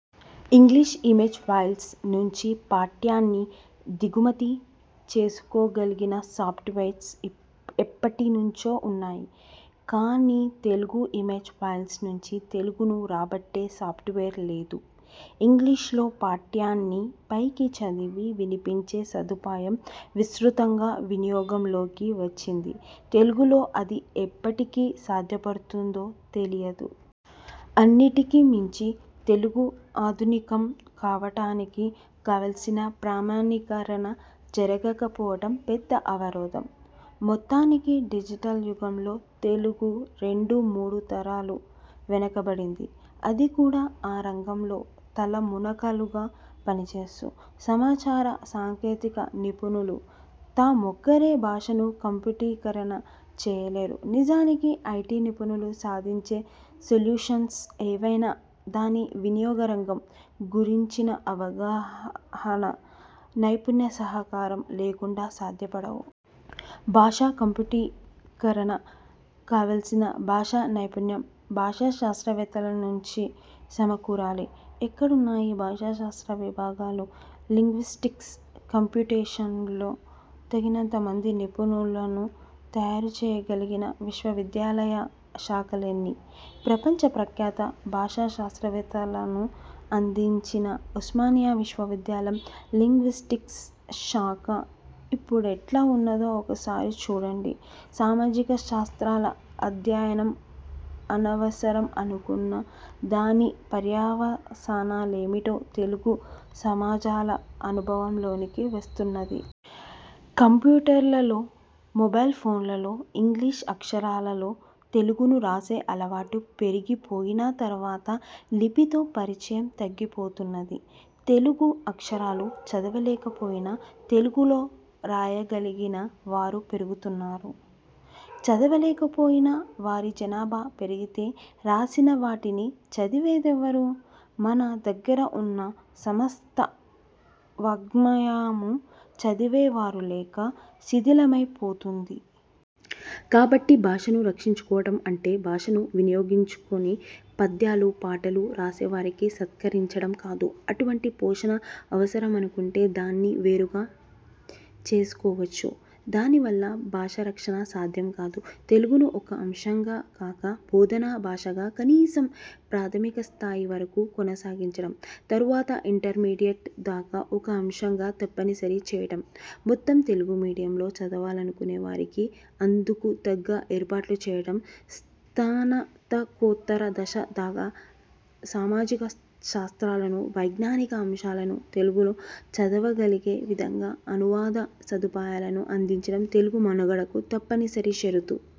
English image files నుంచి పాఠ్యాన్ని దిగుమతి చేసుకోగలిగిన సాఫ్ట్వేర్స్ ఎప్పటి నుంచో ఉన్నాయి కానీ, తెలుగు ఇమేజ్ ఫైల్స్ నుంచి తెలుగును రాబట్టే సాఫ్ట్వేర్ లేదు. ఇంగ్లీషులో పాఠ్యాన్ని పైకి చదివి వినిపించే సదుపాయం విస్తృతంగా వినియోగంలోకి వచ్చింది. తెలుగులో అది ఎప్పటికి సాధ్యపడుతుందో తెలియదు. అన్నిటికి మించి, తెలుగు ఆధునికం కావడానికి కావలసిన ప్రమాణీకరణ జరగకపోవడం పెద్ద అవరోధం. మొత్తానికి డిజిటల్ యుగంలో తెలుగు రెండు మూడు తరాలు వెనుకబడింది. అది కూడా, ఆ రంగంలో తలమునకలుగా పనిచేస్తూ. సమాచార సాంకేతిక నిపుణులు, తామొక్కరే భాషను కంప్యూటీకరణ చేయలేరు. నిజానికి ఐటీ నిపుణులు సాధించే సొల్యూషన్స్ ఏవైనా, దాని వినియోగ రంగం గురించిన అవగాహన, నైపుణ్య సహకారం లేకుండా సాధ్యపడవు. భాష కంప్యూటీకరణ కావలసిన భాషానైపుణ్యం భాషాశాస్త్రవేత్తల నుంచి సమకూరాలి. ఎక్కడున్నాయి భాషాశాస్త్ర విభాగాలు? లింగ్విస్టిక్స్ కంప్యూటేషన్లో తగినంత మంది నిపుణులను తయారుచేయగలిగిన విశ్వవిద్యాలయ శాఖలెన్ని? ప్రపంచ ప్రఖ్యాత భాషాశాస్త్రవేత్తలను అందించిన ఉస్మానియా విశ్వవిద్యాలయం లింగ్విస్టిక్స్ శాఖ ఇప్పుడెట్లా ఉన్నదో ఒకసారి చూడండి సామాజిక శాస్త్రాల అధ్యయనం అనవసరం అనుకున్న దాని పర్యవసానాలేమిటో తెలుగు సమాజాల అనుభవంలోకి వస్తున్నది. కంప్యూటర్లలో, మొబైల్ ఫోన్లలో ఇంగ్లీషు అక్షరాలలో తెలుగును రాసే అలవాటు పెరిగిపోయిన తరువాత, లిపితో పరిచయం తగ్గిపోతున్నది. తెలుగు అక్షరాలు చదవలేకపోయినా, తెలుగులో రాయగలిగిన వారు పెరుగుతున్నారు. చదవలేకపోయిన వారిజనాభా పెరిగితే, రాసిన వాటిని చదివేదెవరు? మన దగ్గర ఉన్న సమస్త వాఙ్మయమూ చదివేవారు లేక, శిథిలమై పోతుంది. కాబట్టి, భాషను రక్షించుకోవడం అంటే, భాషను వినియోగించుకుని పద్యాలూ పాటలూ రాసేవారిని సత్కరించడం కాదు. అటువంటి పోషణ అవసరమనుకుంటే దాన్ని వేరుగా చేసుకోవచ్చు. దాని వల్ల భాషారక్షణ సాధ్యం కాదు. తెలుగును ఒక అంశంగా కాక, బోధనా భాషగా కనీసం ప్రాథమిక స్థాయి వరకు కొనసాగించడం, తరువాత ఇంటర్మీడియేట్ దాకా ఒక అంశంగా తప్పనిసరి చేయడం, మొత్తం తెలుగు మీడియంలో చదవాలనుకునేవారికి అందుకు తగ్గ ఏర్పాట్లు చేయడం, స్నాతకోత్తర దశ దాకా సామాజిక శాస్త్రాలను, వైజ్ఞానిక అంశాలను తెలుగులో చదువగలిగే విధంగా అనువాద సదుపాయాలను అందించడం– తెలుగు మనుగడకు తప్పనిసరి షరతులు.